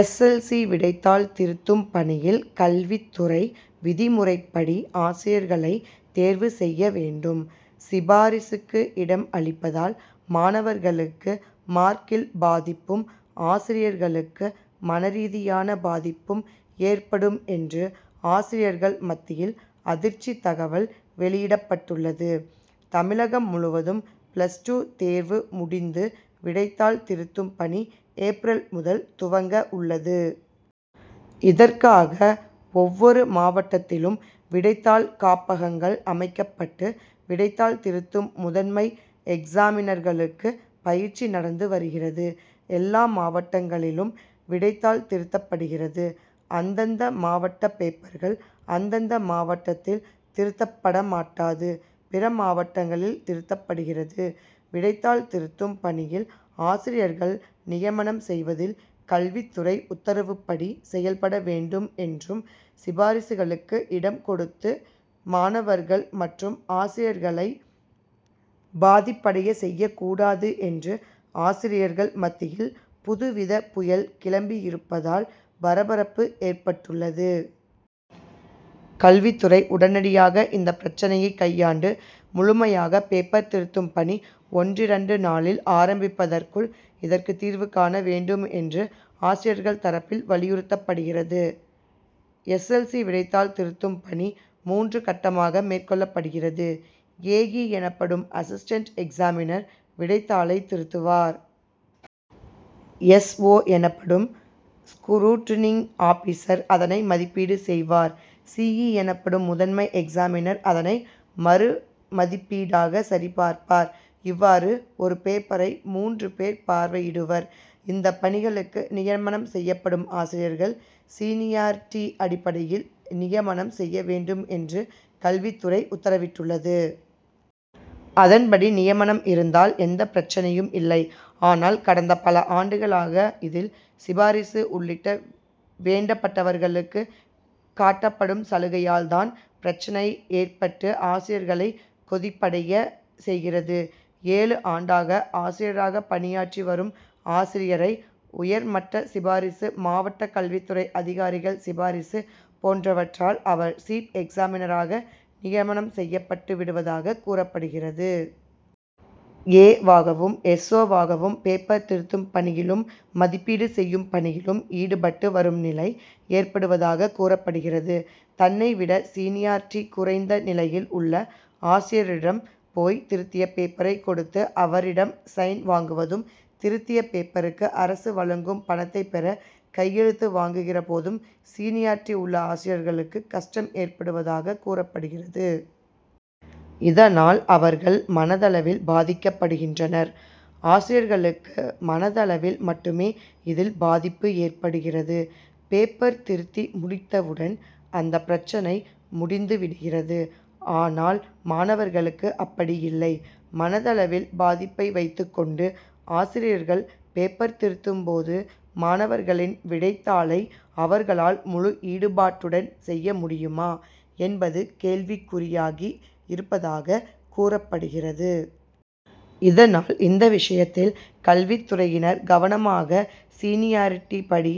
S. L. C விடைத்தாள் திருத்தும் பணியில் கல்வித்துறை விதிமுறைப்படி ஆசிரியர்களை தேர்வு செய்ய வேண்டும். சிபாரிசுக்கு இடம் அளிப்பதால் மாணவர்களுக்கு மார்க்கில் பாதிப்பும் ஆசிரியர்களுக்கு மனரீதியான பாதிப்பும் ஏற்படும் என்று ஆசிரியர்கள் மத்தியில் அதிர்ச்சி தகவல் வெளியிடப்பட்டுள்ளது. தமிழகம் முழுவதும் பிளஸ் டூ தேர்வு முடிந்து விடைத்தாள் திருத்தும் பணி ஏப்ரல் முதல் துவங்க உள்ளது. இதற்காக ஒவ்வொரு மாவட்டத்திலும் விடைத்தாள் காப்பகங்கள் அமைக்கப்பட்டு விடைத்தாள் திருத்தும் முதன்மை எக்சாமினர்களுக்கு பயிற்சி நடந்து வருகிறது. எல்லா மாவட்டங்களிலும் விடைத்தாள் திருத்தப்படுகிறது. அந்தந்த மாவட்ட பேப்பர்கள் அந்தந்த மாவட்டத்தில் திருத்தப்படமாட்டாது. பிற மாவட்டங்களில் திருத்தப்படுகிறது. விடைத்தாள் திருத்தும் பணியில் ஆசிரியர்கள் நியமனம் செய்வதில் கல்வித்துறை உத்தரவுப்படி செயல்பட வேண்டும் என்றும் சிபாரிசுகளுக்கு இடம் கொடுத்து மாணவர்கள் மற்றும் ஆசிரியர்களை பாதிப்படைய செய்யக் கூடாது என்று ஆசிரியர்கள் மத்தியில் புதுவித புயல் கிளம்பியிருப்பதால் பரபரப்பு ஏற்பட்டுள்ளது. கல்வித்துறை உடனடியாக இந்த பிரச்னையை கையாண்டு முழுமையாக பேப்பர் திருத்தும் பணி ஒன்றிரண்டு நாளில் ஆரம்பிப்பதற்குள் இதற்கு தீர்வு காண வேண்டும் என்று ஆசிரிர்கள் தரப்பில் வலியுறுத்தப்படுகிறது. எஸ். எல். சி விடைத்தாள் திருத்தும் பணி மூன்று கட்டமாக மேற்கொள்ளப்படுகிறது. ஏ. இ எனப்படும் அசிஸ்டென்ட் எக்சாமினர் விடைத்தாளை திருத்துவார். எஸ். ஓ எனப்படும் ஸ்குரூட்னிங் ஆபிசர் அதனை மதிப்பீடு செய்வார். சி. இ எனப்படும் முதன்மை எக்சாமினர் அதனை மறு மதிப்பீடாக சரிபார்ப்பார். இவ்வாறு ஒரு பேப்பரை மூன்று பேர் பார்வையிடுவர். இந்த பணிகளுக்கு நியமனம் செய்யப்படும் ஆசிரியர்கள் சீனியார்டி அடிப்படையில் நியமனம் செய்ய வேண்டும் என்று கல்வித்துறை உத்தரவிட்டுள்ளது. அதன்படி நியமனம் இருந்தால் எந்த பிரச்னையும் இல்லை. ஆனால் கடந்த பல ஆண்டுகளாக இதில் சிபாரிசு உள்ளிட்ட வேண்டப்பட்டவர்களுக்கு காட்டப்படும் சலுகையால் தான் பிரச்னை ஏற்பட்டு ஆசிரியர்களை கொதிப்படைய செய்கிறது. ஏழு ஆண்டாக ஆசிரியராக பணியாற்றி வரும் ஆசிரியரை உயர்மட்ட சிபாரிசு மாவட்ட கல்வித்துறை அதிகாரிகள் சிபாரிசு போன்றவற்றால் அவர் சீப் எக்சாமினராக நியமனம் செய்யப்பட்டு விடுவதாக கூறப்படுகிறது. ஏ வாகவும் எஸ். ஓ வாகவும் பேப்பர் திருத்தும் பணியிலும், மதிப்பீடு செய்யும் பணியிலும் ஈடுபட்டு வரும் நிலை ஏற்படுவதாக கூறப்படுகிறது. தன்னை விட சீனியார்டி குறைந்த நிலையில் உள்ள ஆசிரியரிடம் போய் திருத்திய பேப்பரை கொடுத்து அவரிடம் சைன் வாங்குவதும், திருத்திய பேப்பருக்கு அரசு வழங்கும் பணத்தை பெற கையெழுத்து வாங்குகிற போதும் சீனியார்டி உள்ள ஆசிரியர்களுக்கு கஷ்டம் ஏற்படுவதாக கூறப்படுகிறது. இதனால் அவர்கள் மனதளவில் பாதிக்கப்படுகின்றனர். ஆசிரியர்களுக்கு மனதளவில் மட்டுமே இதில் பாதிப்பு ஏற்படுகிறது. பேப்பர் திருத்தி முடித்தவுடன் அந்த பிரச்னை முடிந்துவிடுகிறது. ஆனால் மாணவர்களுக்கு அப்படி இல்லை. மனதளவில் பாதிப்பை வைத்துக் கொண்டு ஆசிரியர்கள் பேப்பர் திருத்தும் போது மாணவர்களின் விடைத்தாளை அவர்களால் முழு ஈடுபாட்டுடன் செய்ய முடியுமா என்பது கேள்விக்குறியாகி இருப்பதாக கூறப்படுகிறது. இதனால் இந்த விஷயத்தில் கல்வித்துறையினர் கவனமாக சீனியார்டி படி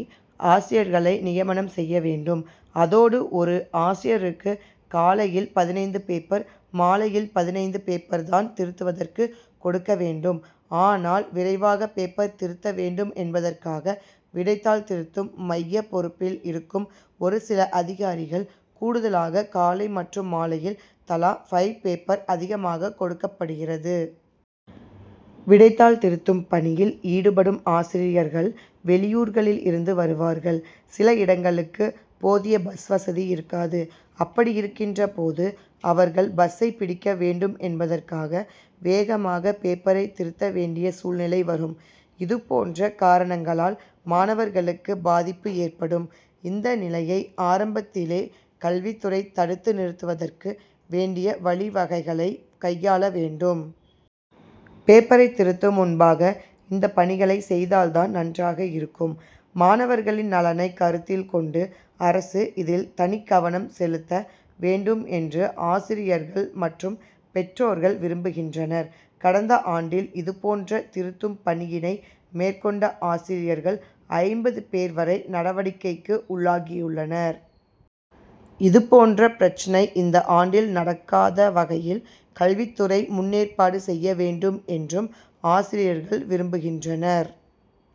ஆசிரியர்களை நியமனம் செய்ய வேண்டும். அதோடு ஒரு ஆசிரியருக்கு காலையில் பதினைந்து பேப்பர், மாலையில் பதினைந்து பேப்பர் தான் திருத்துவதற்கு கொடுக்க வேண்டும். ஆனால்விரைவாக பேப்பர் திருத்த வேண்டும் என்பதற்காக விடைத்தாள் திருத்தும் மைய பொறுப்பில் இருக்கும் ஒரு சில அதிகாரிகள் கூடுதலாக காலை மற்றும் மாலையில் தலா ஃபைவ் பேப்பர் அதிகமாக கொடுப்படுகிறது. விடைத்தாள் திருத்தும் பணியில் ஈடுபடும் ஆசிரியர்கள் வெளியூர்களில் இருந்து வருவார்கள். சில இடங்களுக்கு போதிய பஸ்வசதி இருக்காது. அப்படி இருக்கின்ற போது அவர்கள் பஸ்சை பிடிக்க வேண்டும் என்பதற்காக வேகமாக பேப்பரை திருத்த வேண்டிய சூழ்நிலை வரும். இதுபோன்ற காரணங்களால் மாணவர்களுக்கு பாதிப்பு ஏற்படும். இந்த நிலையை ஆரம்பத்திலே கல்வித்துறை தடுத்து நிறுத்துவதற்கு வேண்டிய வழி வகைகளை கையாள வேண்டும். பேப்பரை திருத்தும் முன்பாக இந்த பணிகளை செய்தால் தான் நன்றாக இருக்கும். மாணவர்களின் நலனை கருத்தில் கொண்டு அரசு இதில் தனிக்கவனம் செலுத்த வேண்டும் என்று ஆசிரியர்கள் மற்றும் பெற்றோர்கள் விரும்புகின்றனர். கடந்த ஆண்டில் இதுபோன்ற திருத்தும் பணியினை மேற்கொண்ட ஆசிரியர்கள் ஐம்பது பேர் வரை நடவடிக்கைகக்கு உள்ளாகியுள்ளனர். இதுபோன்ற பிரச்னை இந்த ஆண்டில் நடக்காத வகையில் கல்வித்துறை முன்னேற்பாடு செய்ய வேண்டும் என்றும் ஆசிரியர்கள் விரும்புகின்றனர்.